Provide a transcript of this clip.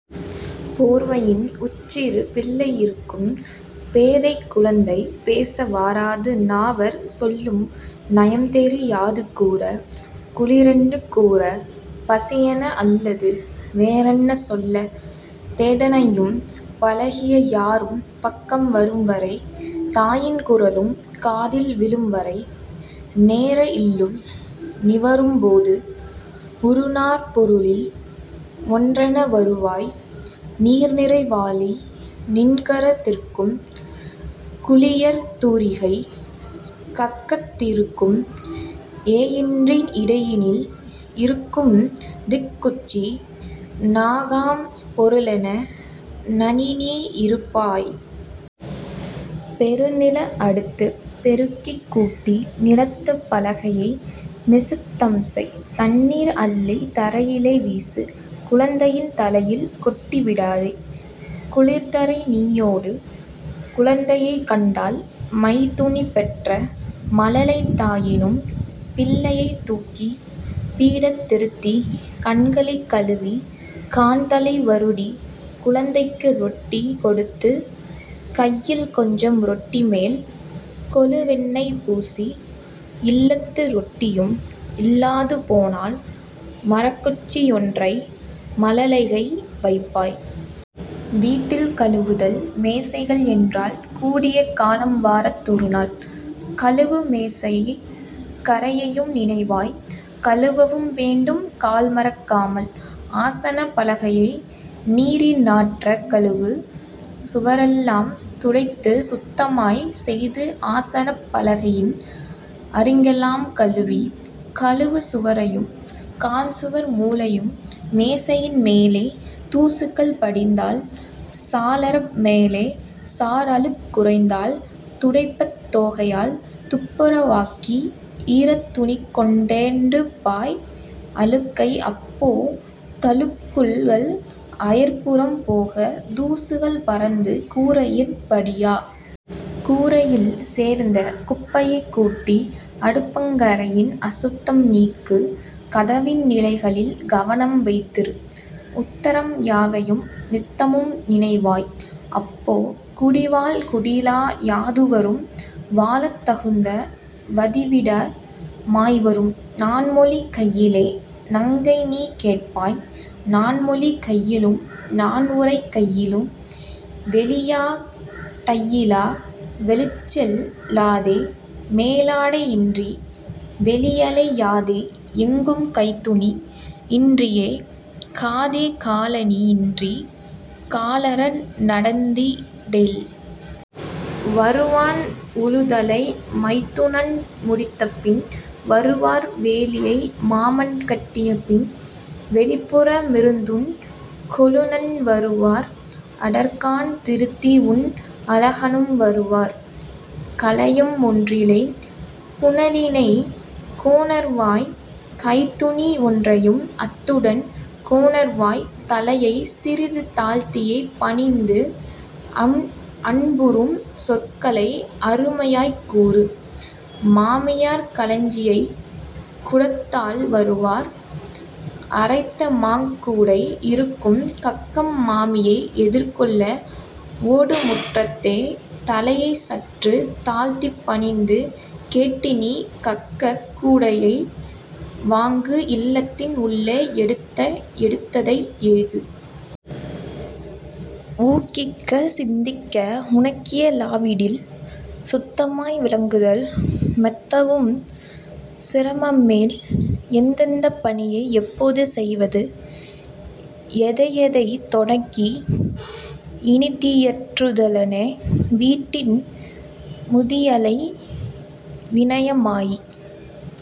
போர்வையின் உட்சிறு பிள்ளை யிருக்கும் பேதைக் குழந்தை பேச வாராது நாவாற் சொல்லும் நயம்தெரி யாது கூற குளிரெனக் கூறா பசியென அல்லது வேறென்ன சொல்ல தெதனையும் பழகிய யாரும் பக்கம் வரும்வரை தாயின் குரலும் காதில் விழும்வரை. நேரே இல்லுள் நிவரும் போது உறுநாற் பொருளில் ஒன்றென வருவாய் நீர்நிறை வாளி நின்கரத் திருக்கும் குளியற் தூரிகை கக்கத் திருக்கும் எயிற்றின் இடையினில் இருக்கும்திக் குச்சி நான்காம் பொருளென நனிநீ யிருப்பாய். பெருநிலம் அடுத்துப் பெருக்கிக் கூட்டி நிலத்துப் பலகையை நீசுத் தம்செய். தண்ணீர் அள்ளித் தரையிலே வீசு குழந்தையின் தலையில் கொட்டி விடாதே. குளிர்தரை நீயொரு குழந்தையைக் கண்டால் மைத்துனி பெற்ற மழலையஃ தாயினும் பிள்ளையைத் தூக்கிப் பீடத் திருத்தி கண்களைக் கழுவிக் காண்தலை வருடி குழந்தைக்கு ரொட்டி கொடுத்துக் கையில் கொஞ்சம் ரொட்டிமேல் கொழுவெணெய் பூசி இல்லத்து ரொட்டியும் இல்லாது போனால் மரக்குச்சி யொன்றை மழலைகை வைப்பாய். வீட்டில் கழுவுதல் மேசைகள் என்றால் கூடிய காலம் வாரத் தொருநாள், கழுவு மேசையைக் கரையையும் நினைவாய் கழுவவும் வேண்டும் கால்மறக் காமல். ஆசனப் பலகையை நீரினாற்ற கழுவு சுவரெல்லாம் துடைத்துச் சுத்தமாய்க் செய்து ஆசனப் பலகையின் அருகெலாம் கழுவி கழுவு சுவரையும் காண்சுவர் மூலையும் மேசையின் மேலே தூசுகள் படிந்தால் சாளர மேலே சார்அழுக் குறைந்தால் துடைப்பத் தோகையால் துப்புர வாக்கி ஈரத் துணிகொண் டெடுப்பாய் அழுக்கை அப்போ தழுக்குகள் அயற்புறம் போகா தூசுகள் பறந்து கூரையிற் படியா. கூரையில் சேர்ந்த குப்பையைக் கூட்டி அடுப்பங் கரையின் அசுத்தம் நீக்கு கதவின் நிலைகளில் கவனம் வைத்திரு உத்தரம் யாவையும் நித்தமும் நினைவாய். அப்போ குடிவாழ் குடிலா யாதுவரும் வாழத் தகுந்த வதிவிட மாய்வரும். நான்மொழி கையிலே நங்கைநீ கேட்பாய் நான்மொழி கையிலும் நான்உரைக் கையிலும். வெளியா டையிலா வெளிச்செல் லாதே மேலாடை யின்றி வெளியலை யாதே எங்கும் கைத்துணி யின்றியே காதே காலணி யின்றிக் காலாற நடந்தி டேல். வருவான் உழுதலை மைத்துனன் முடித்தபின் வருவார் வேலியை மாமன்கட் டியபின் வெளிப்புற மிருந்துன் கொழுநன் வருவார் அடர்கான் திருத்திஉன் அழகனும் வருவார். கலயம் ஒன்றிலே புனலினைக் கொணர்வாய் கைத்துணி ஒன்றையும் அத்துடன் கொணர்வாய் தலையைச் சிறிது தாழ்த்தியே பணிந்து அன்புறும் சொற்களை அருமையாய்க் கூறு. மாமியார் களஞ்சியக் கூடத்தால் வருவார் அரைத்தமாக் கூடை இருக்கும் கக்கம் மாமியை எதிர்கொள ஓடுமுற் றத்தே தலையைச் சற்றுத் தாழ்த்திப் பணிந்து கேட்டுநீ கக்கக் கூடையை வாங்கு இல்லத்தின் உள்ளே எடுத்த எடுத்ததை ஏகு. ஊகிக்கச் சிந்திக்க உனக்கிய லாவிடில் சுத்தமாய் விளங்குதல் மெத்தவும் சிரமமேல் எந்தெந்தப் பணியை எப்போது செய்வது எதையெதைத் தொடங்கி இனிதியற் றுதலென வீட்டின் முதியளை வினயமாய்க்